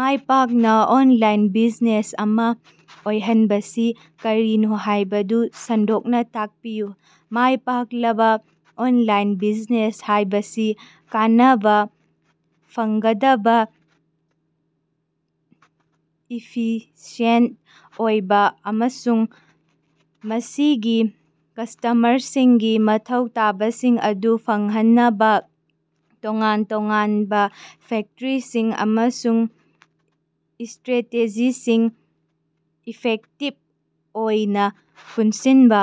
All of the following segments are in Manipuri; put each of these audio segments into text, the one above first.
ꯃꯥꯏꯄꯥꯛꯅꯥ ꯑꯣꯟꯂꯥꯏꯟ ꯕꯤꯖꯤꯅꯦꯁ ꯑꯃꯥ ꯑꯣꯏꯍꯟꯕꯁꯤ ꯀꯔꯤꯅꯣ ꯍꯥꯏꯕꯗꯨ ꯁꯟꯗꯣꯛꯅꯥ ꯇꯥꯛꯄꯤꯌꯨ꯫ ꯃꯥꯏ ꯄꯥꯛꯂꯕꯥ ꯑꯣꯟꯂꯥꯏꯟ ꯕꯤꯖꯤꯅꯦꯁ ꯍꯥꯏꯕꯁꯤ ꯀꯥꯟꯅꯕꯥ ꯐꯪꯒꯗꯕꯥ, ꯏꯐꯤꯁꯤꯌꯦꯟꯇ ꯑꯣꯏꯕꯥ ꯑꯃꯁꯨꯡ ꯃꯁꯤꯒꯤ ꯀꯁꯇꯃꯔꯁꯤꯡꯒꯤ ꯃꯊꯧ ꯇꯥꯕꯁꯤꯡ ꯑꯗꯨ ꯐꯪꯍꯟꯅꯕꯥ ꯇꯣꯉꯥꯟ ꯇꯣꯉꯥꯟꯕꯥ ꯐꯦꯛꯇꯔꯁꯤꯡ ꯑꯃꯁꯨꯡ ꯢꯁꯇ꯭ꯔꯦꯇꯦꯖꯤꯁꯤꯡ ꯏꯐꯦꯛꯇꯤꯕ ꯑꯣꯏꯅꯥ ꯄꯨꯟꯁꯤꯟꯕꯥ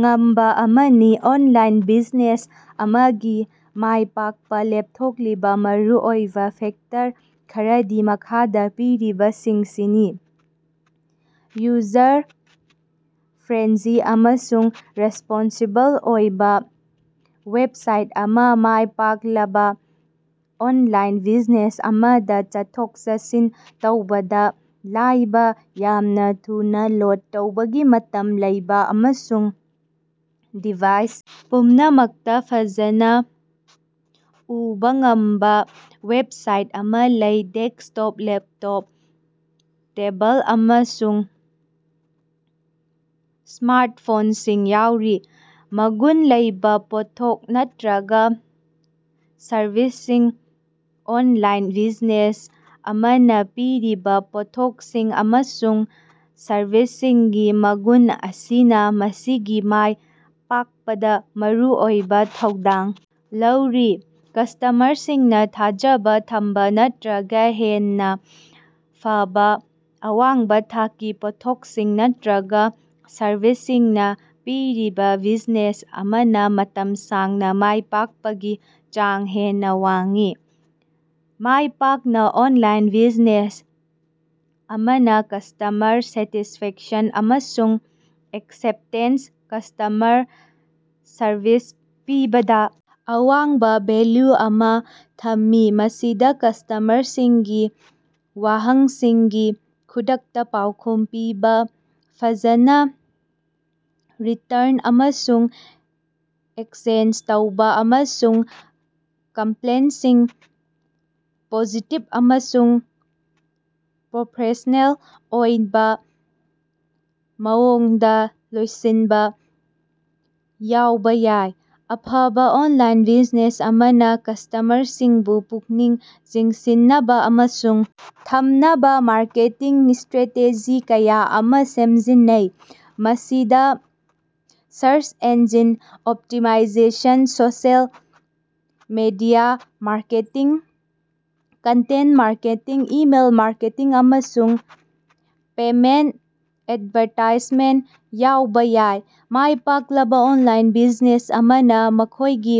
ꯉꯝꯕꯥ ꯑꯃꯅꯤ꯫ ꯑꯣꯟꯂꯥꯏꯟ ꯕꯤꯖꯤꯅꯦꯁ ꯑꯃꯒꯤ ꯃꯥꯏꯄꯥꯛꯄꯥ ꯂꯦꯞꯊꯣꯛꯂꯤꯕꯥ ꯃꯔꯨꯑꯣꯏꯕꯥ ꯐꯦꯛꯇꯔ ꯈꯔꯗꯤ ꯃꯈꯥꯗꯥ ꯄꯤꯔꯤꯕꯁꯤꯡꯁꯤꯅꯤ: ꯌꯨꯖꯔ-ꯐ꯭ꯔꯦꯟꯂꯤ ꯑꯃꯁꯨꯡ ꯔꯦꯁꯄꯣꯟꯁꯤꯕꯜ ꯑꯣꯏꯕꯥ ꯋꯦꯞꯁꯥꯏꯠ ꯑꯃ ꯃꯥꯏꯄꯥꯛꯂꯕꯥ ꯑꯣꯟꯂꯥꯏꯟ ꯕꯤꯖꯤꯅꯦꯁ ꯑꯃꯗꯥ ꯆꯠꯊꯣꯛ-ꯆꯠꯁꯤꯟ ꯇꯧꯕꯗꯥ ꯂꯥꯏꯕꯥ, ꯌꯥꯝꯅꯥ ꯊꯨꯅꯥ ꯂꯣꯠ ꯇꯧꯕꯒꯤ ꯃꯇꯝ ꯂꯩꯕꯥ ꯑꯃꯁꯨꯡ ꯗꯤꯚꯥꯏꯁ ꯄꯨꯝꯅꯃꯛꯇꯥ ꯐꯖꯅꯥ ꯎꯕꯥ ꯉꯝꯕꯥ ꯋꯦꯞꯁꯥꯏꯠ ꯑꯃꯥ ꯂꯩ꯫ ꯗꯦꯛꯁꯇꯣꯞ, ꯂꯦꯞꯇꯣꯞ, ꯇꯦꯕꯜ ꯑꯃꯁꯨꯡ ꯁ꯭ꯃꯥꯔꯠ ꯐꯣꯟꯁꯤꯡ ꯌꯥꯎꯔꯤ꯫ ꯃꯒꯨꯟ ꯂꯩꯕꯥ ꯄꯣꯠꯊꯣꯛ ꯅꯠꯇ꯭ꯔꯒꯥ ꯁꯔꯚꯤꯁꯁꯤꯡ: ꯑꯣꯟꯂꯥꯏꯟ ꯕꯤꯖꯤꯅꯦꯁ ꯑꯃꯅꯥ ꯄꯤꯔꯤꯕꯥ ꯄꯣꯠꯊꯣꯛꯁꯤꯡ ꯑꯃꯁꯨꯡ ꯁꯔꯚꯤꯁꯁꯤꯡꯒꯤ ꯃꯒꯨꯟ ꯑꯁꯤꯅꯥ ꯃꯁꯤꯒꯤ ꯃꯥꯏ ꯄꯥꯛꯄꯗꯥ ꯃꯔꯨꯑꯣꯏꯕꯥ ꯊꯧꯗꯥꯡ ꯂꯧꯔꯤ꯫ ꯀꯁꯇ꯭ꯃꯔꯁꯤꯡꯅꯥ ꯊꯥꯖꯕꯥ ꯊꯝꯕꯥ ꯅꯠꯇ꯭ꯔꯒꯥ ꯍꯦꯟꯅꯥ ꯐꯕꯥ ꯑꯋꯥꯡꯕꯥ ꯊꯥꯛꯀꯤ ꯄꯣꯠꯊꯣꯛꯁꯤꯡ ꯅꯠꯇ꯭ꯔꯒꯥ ꯁꯔꯚꯤꯁꯁꯤꯡ ꯄꯤꯔꯤꯕꯥ ꯕꯤꯖꯤꯅꯦꯁ ꯑꯃꯅꯥ ꯃꯇꯝ ꯁꯥꯡꯅꯥ ꯃꯥꯏ ꯄꯥꯛꯄꯒꯤ ꯆꯥꯡ ꯍꯦꯟꯅꯥ ꯋꯥꯡꯏ꯫ ꯃꯥꯏꯄꯥꯛꯅꯥ ꯑꯣꯟꯂꯥꯏꯟ ꯕꯤꯖꯤꯅꯦꯁ ꯑꯃꯅꯥ ꯀꯁꯇꯃꯔ ꯁꯦꯇꯤꯁꯐꯦꯛꯁꯟ ꯑꯃꯁꯨꯡ ꯑꯦꯛꯁꯦꯞꯇꯦꯟꯁ ꯀꯁꯇ꯭ꯃꯔ ꯁꯔꯚꯤꯁ ꯄꯤꯕꯗꯥ ꯑꯋꯥꯡꯕꯥ ꯚꯦꯜꯂꯨ ꯑꯃꯥ ꯊꯝꯃꯤ꯫ ꯃꯁꯤꯗꯥ ꯀꯁꯇ꯭ꯃꯔꯁꯤꯡꯒꯤ ꯋꯥꯍꯪꯁꯤꯡꯒꯤ ꯈꯨꯗꯛꯇꯥ ꯄꯥꯎꯈꯨꯝ ꯄꯤꯕꯥ, ꯐꯖꯅꯥ ꯔꯤꯇ꯭ꯔꯟ ꯑꯃꯁꯨꯡ ꯑꯦꯛꯁꯆꯦꯟꯖ ꯇꯧꯕꯥ ꯑꯃꯁꯨꯡ ꯀꯝꯄ꯭ꯂꯦꯟꯁꯤꯡ ꯄꯣꯖꯤꯇꯤꯚ ꯑꯃꯁꯨꯡ ꯄ꯭ꯔꯣꯐꯦꯁꯅꯦꯜ ꯑꯣꯏꯕꯥ ꯃꯑꯣꯡꯗꯥ ꯂꯣꯏꯁꯤꯟꯕꯥ ꯌꯥꯎꯕꯥ ꯌꯥꯏ꯫ ꯑꯐꯕꯥ ꯑꯣꯟꯂꯥꯏꯟ ꯕꯤꯖꯤꯅꯦꯁ ꯑꯃꯅꯥ ꯀꯁꯇꯃꯔꯁꯤꯡꯕꯨ ꯄꯨꯛꯅꯤꯡ ꯆꯤꯡꯁꯤꯟꯅꯕꯥ ꯑꯃꯁꯨꯡ ꯊꯝꯅꯕꯥ ꯃꯥꯔꯀꯦꯇꯤꯡ ꯏꯁꯇ꯭ꯔꯦꯇꯦꯖꯤ ꯀꯌꯥ ꯑꯃꯥ ꯁꯤꯖꯤꯟꯅꯩ꯫ ꯃꯁꯤꯗꯥ search engine optimisation, social media marketing, content marketing, email marketing ꯑꯃꯁꯨꯡ ꯄꯦꯃꯦꯟꯇ ꯑꯦꯠꯚꯥꯔꯇꯥꯏꯖꯃꯦꯟ ꯌꯥꯎꯕꯥ ꯌꯥꯏ꯫ ꯃꯥꯏ ꯄꯥꯛꯂꯕꯥ ꯑꯣꯟꯂꯥꯏꯟ ꯕꯤꯖꯤꯅꯦꯁ ꯑꯃꯅꯥ ꯃꯈꯣꯏꯒꯤ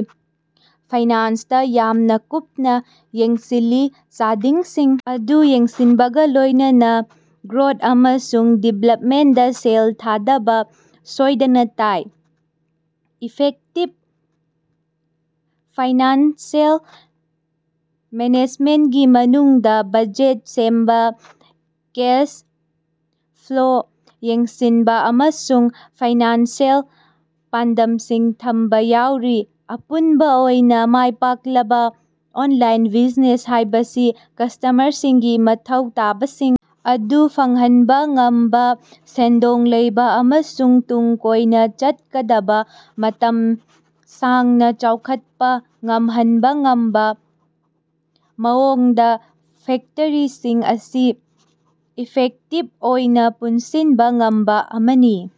ꯐꯥꯏꯅꯥꯟꯁꯇꯥ ꯌꯥꯝꯅꯥ ꯀꯨꯞꯅꯥ ꯌꯦꯡꯁꯤꯜꯂꯤ, ꯆꯥꯗꯤꯡꯁꯤꯡ ꯑꯗꯨ ꯌꯦꯡꯁꯤꯟꯕꯒꯥ ꯂꯣꯏꯅꯅꯥ ꯒ꯭ꯔꯣꯠ ꯑꯃꯁꯨꯡ ꯗꯤꯕ꯭ꯂꯞꯃꯦꯟꯗꯥ ꯁꯦꯜ ꯊꯥꯗꯕꯥ ꯁꯣꯏꯗꯅꯥ ꯇꯥꯏ꯫ ꯏꯐꯦꯛꯇꯤꯞ ꯐꯥꯏꯅꯥꯟꯁꯤꯑꯦꯜ ꯃꯦꯅꯦꯖꯃꯦꯟꯒꯤ ꯃꯅꯨꯡꯗꯥ ꯕꯖꯦꯠ ꯁꯦꯝꯕꯥ, ꯀꯦꯁ ꯐ꯭ꯂꯣ ꯌꯦꯡꯁꯤꯟꯕꯥ ꯑꯃꯁꯨꯡ ꯐꯥꯏꯅꯥꯟꯁꯤꯑꯦꯜ ꯄꯥꯟꯗꯝꯁꯤꯡ ꯊꯝꯕꯥ ꯌꯥꯎꯔꯤ꯫ ꯑꯄꯨꯟꯕꯥ ꯑꯣꯏꯅꯥ, ꯃꯥꯏꯄꯥꯛꯂꯕꯥ ꯑꯣꯟꯂꯥꯏꯟ ꯕꯤꯖꯤꯅꯦꯁ ꯍꯥꯏꯕꯁꯤ ꯀꯁꯇ꯭ꯃꯔꯁꯤꯡꯒꯤ ꯃꯊꯧ ꯇꯥꯕꯁꯤꯡ ꯑꯗꯨ ꯐꯪꯍꯟꯕꯥ ꯉꯝꯕꯥ, ꯁꯦꯟꯗꯣꯡ ꯂꯩꯕꯥ ꯑꯃꯁꯨꯡ ꯇꯨꯡ ꯀꯣꯏꯅꯥ ꯆꯠꯀꯗꯕꯥ ꯃꯇꯝ ꯁꯥꯡꯅꯥ ꯆꯥꯎꯈꯠꯄꯥ ꯉꯝꯍꯟꯕꯥ ꯉꯝꯕꯥ ꯃꯑꯣꯡꯗꯥ ꯐꯦꯛꯇꯔꯤꯁꯤꯡ ꯑꯁꯤ ꯏꯐꯦꯛꯇꯤꯕ ꯑꯣꯏꯅꯥ ꯄꯨꯟꯁꯤꯟꯕꯥ ꯉꯝꯕꯥ ꯑꯃꯅꯤ꯫